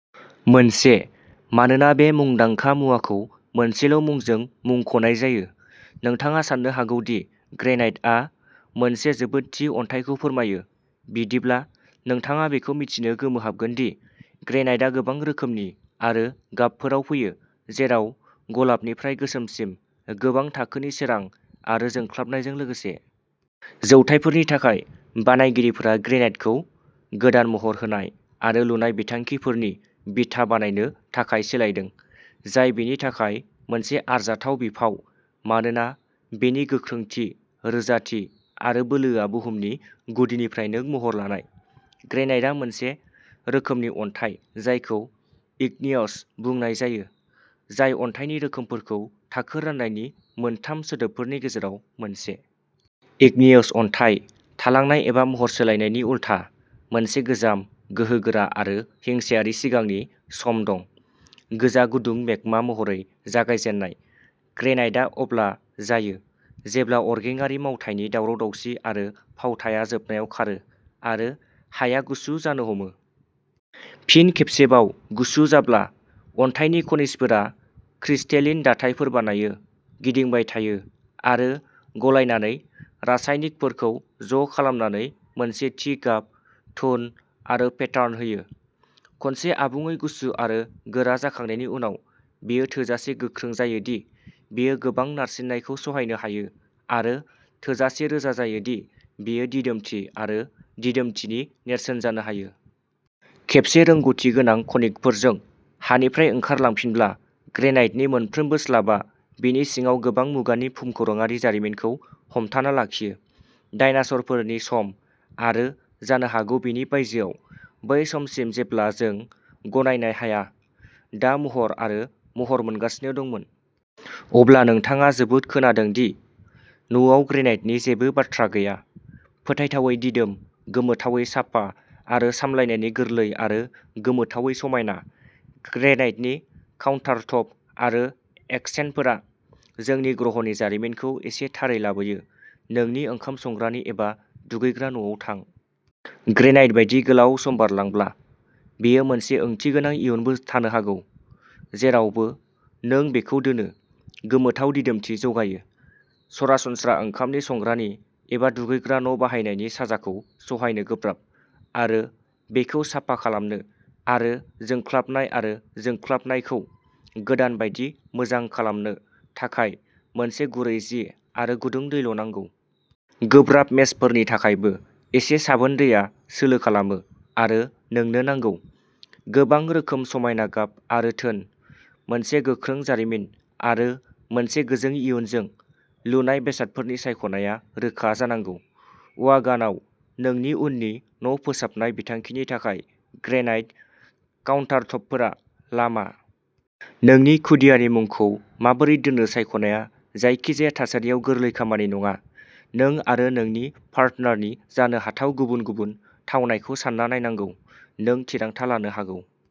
मोनसे. मानोना बे मुंदांखा मुवाखौ मोनसेल'मुंजों मुंख'नाय जायो, नोंथाङा साननो हागौ दि "ग्रेनाइट" आ मोनसे जोबोद थि अन्थाइखौ फोरमायो। बिदिब्ला, नोंथाङा बेखौ मिथिनो गोमोहाबगोन दि ग्रेनाइटआ गोबां रोखोमनि आरो गाबफोराव फैयो, जेराव गलाबनिफ्राय गोसोमसिम, गोबां थाखोनि सोरां आरो जोंख्लाबनायजों लोगोसे। जौथायफोरनि थाखाय, बानायगिरिफोरा ग्रेनाइटखौ गोदान महर होनाय आरो लुनाय बिथांखिफोरनि बिथा बानायनो थाखाय सोलायदों, जाय बेनि थाखाय मोनसे आरजाथाव बिफाव, मानोना बेनि गोख्रोंथि, रोजाथि आरो बोलोआ बुहुमनि गुदिनिफ्रायनो महर लानाय। ग्रेनाइटआ मोनसे रोखोमनि अन्थाइ जायखौ इग्नियस बुंनाय जायो, जाय अन्थाइनि रोखोमफोरखौ थाखो रान्नायनि मोनथाम सोदोबफोरनि गेजेराव मोनसे। इग्नियस अन्थाइ, थालांनाय एबा महर सोलायनायनि उलथा, मोनसे गोजाम, गोहोगोरा आरो हिंसायारि सिगांनि सम दं। गोजा-गुदुं मेगमा महरै जागायजेन्नाय, ग्रेनाइटआ अब्ला जायो जेब्ला अरगेंआरि मावथायनि दावराव-दावसि आरो फावथाया जोबनायाव खारो आरो हाया गुसु जानो हमो। फिन खेबसेबाव गुसु जाब्ला, अन्थाइनि खनिजफोरा क्रिस्टेलिन दाथायफोर बानायो, गिदिंबाय थायो आरो गलायनानै रासायनिकफोरखौ ज'खालामनानै मोनसे थि गाब, टोन आरो पेटार्न होयो। खनसे आबुङै गुसु आरो गोरा जाखांनायनि उनाव, बेयो थोजासे गोख्रों जायो दि बेयो गोबां नारसिननायखौ सहायनो हायो आरो थोजासे रोजा जायो दि बेयो दिदोमथि आरो दिदोमथिनि नेरसोन जानो हायो। खेबसे रोंग'थि गोनां खनिकफोरजों हानिफ्राय ओंखार लांफिनब्ला, ग्रेनाइटनि मोनफ्रोमबो स्लाबआ बेनि सिङाव गोबां मुगानि भुमखौराङारि जारिमिनखौ हमथाना लाखियो। डायनासोरफोरनि सम आरो जानो हागौ बेनि बायजोआव, बै समसिम जेब्ला जों गनायनाय हाया दा महर आरो महर मोनगासिनो दंमोन। अब्ला, नोंथाङा जोबोद खोनादों दि न'आव ग्रेनाइटनि जेबो बाथ्रा गैया। फोथायथावै दिदोम, गोमोथावै साफा आरो सामलायनायनि गोरलै आरो गोमोथावै समायना। ग्रेनाइटनि काउन्टारटप आरो एक्सेन्टफोरा जोंनि ग्रहनि जारिमिनखौ एसे थारै लाबोयो। नोंनि ओंखाम संग्रानि एबा दुगैग्रा न'आव थां। ग्रेनाइट बायदि गोलाव सम बारलांब्ला, बेयो मोनसे ओंथिगोनां इयुनबो थानो हागौ, जेरावबो नों बेखौ दोनो, गोमोथाव दिदोमथि जगायो। सरासनस्रा ओंखामनि संग्रानि एबा दुगैग्रा न'बाहायनायनि साजाखौ सहायनो गोब्राब, आरो बेखौ साफा खालामनो आरो जोंख्लाबनाय आरो जोंख्लाबनायखौ गोदान बायदि मोजां खालामनो थाखाय मोनसे गुरै जि आरो गुदुं दैल'नांगौ। गोब्राब मेसफोरनि थाखायबो, एसे साबोन दैआ सोलो खालामो आरो नोंनो नांगौ। गोबां रोखोम, समायना गाब आरो टोन, मोनसे गोख्रों जारिमिन आरो मोनसे गोजों इयुनजों, लुनाय बेसादफोरनि सायख'नायआ रोखा जानांगौ। व'गानआव नोंनि उननि न'फोसाबनाय बिथांखिनि थाखाय, ग्रेनाइट काउन्टारटपफोरा लामा। नोंनि खुदियानि मुंखौ माबोरै दोन्नो सायख'नाया जायखिजाया थासारियाव गोरलै खामानि नङा-नों आरो नोंनि पार्टनारनि जानो हाथाव गुबुन गुबुन थावनायखौ सान्ना नायनांगौ, नों थिरांथा लानो हागौ।